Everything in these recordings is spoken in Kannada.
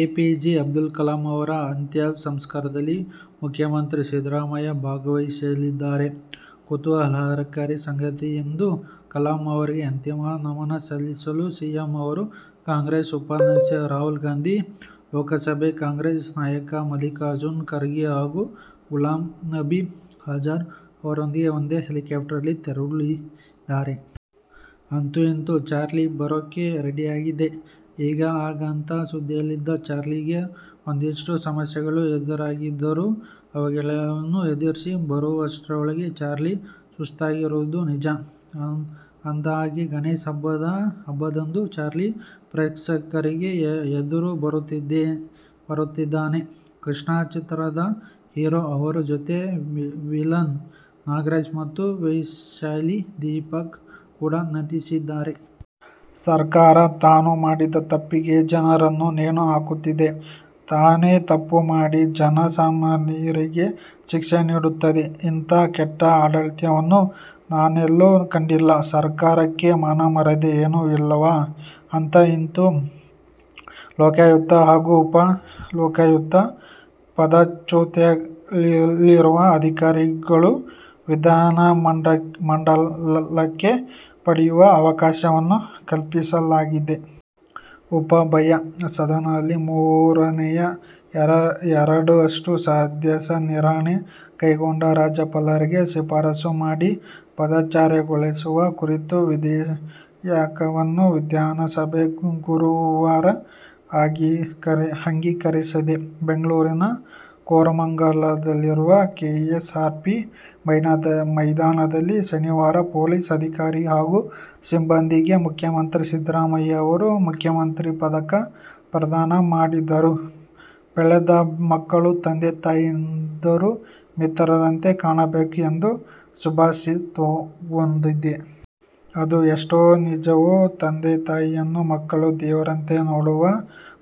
A. P. J Abdul Kalam ಅವರ ಅಂತ್ಯಸಂಸ್ಕಾರದಲ್ಲಿ ಮುಖ್ಯಮಂತ್ರಿ ಸಿದ್ದರಾಮಯ್ಯ ಭಾಗವಹಿಸಲಿದ್ದಾರೆ. ಕುತೂಹಲಕಾರಿ ಸಂಗತಿಯೆಂದರೆ, ಕಲಾಂ ಅವರಿಗೆ ಅಂತಿಮ ನಮನ ಸಲ್ಲಿಸಲು ಸಿಎಂ ಅವರು ಕಾಂಗ್ರೆಸ್ ಉಪಾಧ್ಯಕ್ಷ ರಾಹುಲ್ ಗಾಂಧಿ, ಲೋಕಸಭೆಯ ಕಾಂಗ್ರೆಸ್ ನಾಯಕ ಮಲ್ಲಿಕಾರ್ಜುನ ಖರ್ಗೆ ಹಾಗೂ ಗುಲಾಂ ನಬಿ ಆಜಾದ್ ಅವರೊಂದಿಗೆ ಒಂದೇ ಹೆಲಿಕಾಪ್ಟರ್ನಲ್ಲಿ ತೆರಳಲಿದ್ದಾರೆ. ಅಂತೂ ಇಂತೂ "ಚಾರ್ಲಿ' ಬರೋಕೆ ರೆಡಿಯಾಗಿದ್ದಾನೆ. ಈಗ, ಆಗ ಅಂತ ಸುದ್ದಿಯಲ್ಲಿದ್ದ "ಚಾರ್ಲಿ'ಗೆ ಒಂದಷ್ಟು ಸಮಸ್ಯೆಗಳು ಎದುರಾಗಿದ್ದವು. ಅವೆಲ್ಲವನ್ನು ಎದುರಿಸಿ ಬರುವಷ್ಟರೊಳಗೆ "ಚಾರ್ಲಿ' ಸುಸ್ತಾಗಿರೋದಂತೂ ನಿಜ. ಅಂದಹಾಗೆ, ಗಣೇಶ ಹಬ್ಬದಂದು "ಚಾರ್ಲಿ' ಪ್ರೇಕ್ಷಕರ ಎದುರು ಬರುತ್ತಿದ್ದಾನೆ. ಕೃಷ್ಣ ಚಿತ್ರದ ಹೀರೋ. ಅವರ ಜತೆಗೆ ಮಿಲನ ನಾಗರಾಜ್ ಮತ್ತು ವೈಶಾಲಿ ದೀಪಕ್ ಕೂಡ ನಟಿಸಿದ್ದಾರೆ. "ಸರ್ಕಾರ ತಾನು ಮಾಡಿದ ತಪ್ಪಿಗೆ ಜನರನ್ನು ನೇಣು ಹಾಕುತ್ತಿದೆ. ತಾನೇ ತಪ್ಪು ಮಾಡಿ ಜನಸಾಮಾನ್ಯರಿಗೆ ಶಿಕ್ಷೆ ನೀಡುತ್ತಿದೆ. ಇಂತಹಾ ಕೆಟ್ಟ ಆಡಳಿತವನ್ನು ನಾನೆಲ್ಲೂ ಕಂಡಿಲ್ಲ, ಸರ್ಕಾರಕ್ಕೆ ಮಾನ ಮರ್ಯಾದೆ ಏನು ಇಲ್ಲವಾ' ಅಂತೂ ಇಂತೂ ಲೋಕಾಯುಕ್ತ ಹಾಗೂ ಉಪ ಲೋಕಾಯುಕ್ತರನ್ನು ಪದಚ್ಯುತಗೊಳಿಸುವ ಅಧಿಕಾರವನ್ನು ವಿಧಾನಮಂಡಲಕ್ಕೆ ಪಡೆಯುವ ಅವಕಾಶವನ್ನು ಕಲ್ಪಿಸಿಕೊಳ್ಳಲಾಗಿದೆ. ಉಭಯ ಸದನಗಳಲ್ಲಿ ಮೂರನೇ ಎರಡರಷ್ಟು ಸದಸ್ಯರು ನಿರ್ಣಯ ಕೈಗೊಂಡು ರಾಜ್ಯಪಾಲರಿಗೆ ಶಿಫಾರಸು ಮಾಡಿ, ಪದಚ್ಯುತಗೊಳಿಸುವ ಕುರಿತ ವಿಧೇಯಕವನ್ನು ವಿಧಾನಸಭೆ ಗುರುವಾರ ಅಂಗೀಕರಿಸಿದೆ. ಬೆಂಗಳೂರಿನ ಕೋರಮಂಗಲದಲ್ಲಿರುವ ಕೆಎಸ್ಆರ್ಪಿ ಮೈದಾನದಲ್ಲಿ ಶನಿವಾರ ಪೊಲೀಸ್ ಅಧಿಕಾರಿ ಹಾಗೂ ಸಿಬ್ಬಂದಿಗೆ ಮುಖ್ಯಮಂತ್ರಿ ಸಿದ್ದರಾಮಯ್ಯ ಅವರು "ಮುಖ್ಯಮಂತ್ರಿಗಳ ಪದಕ' ಪ್ರದಾನ ಮಾಡಿದರು. ಬೆಳೆದ ಮಕ್ಕಳನ್ನು ತಂದೆ- ತಾಯಂದಿರು ಮಿತ್ರರಂತೆ ಕಾಣಬೇಕು ಎಂಬ ಸುಭಾಷಿತವೊಂದಿದೆ. ಅದು ಎಷ್ಟು ನಿಜವೋ, ತಂದೆ- ತಾಯಿಯನ್ನು ಮಕ್ಕಳು ದೇವರಂತೆ ನೋಡುವ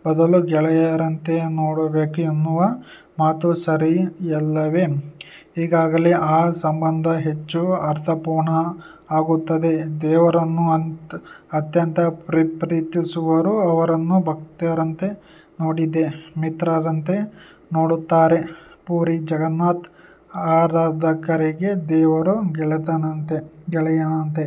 ಬದಲು ಗೆಳೆಯರಂತೆ ನೋಡಬೇಕು ಎನ್ನುವ ಮಾತೂ ಸರಿಯಲ್ಲವೇ? ಆಗಲೇ ಆ ಸಂಬಂಧ ಹೆಚ್ಚು ಅರ್ಥಪೂರ್ಣ ಆಗುತ್ತದೆ. ದೇವರನ್ನು ಅತ್ಯಂತ ಪ್ರೀತಿಸುವವರು ಅವರನ್ನು ಭಕ್ತರಂತೆ ನೋಡದೆ, ಮಿತ್ರರಂತೆ ನೋಡುತ್ತಾರೆ. ಪುರಿ ಜಗನ್ನಾಥನ ಆರಾಧಕರಿಗೆ ದೇವರು ಗೆಳೆಯನಂತೆ.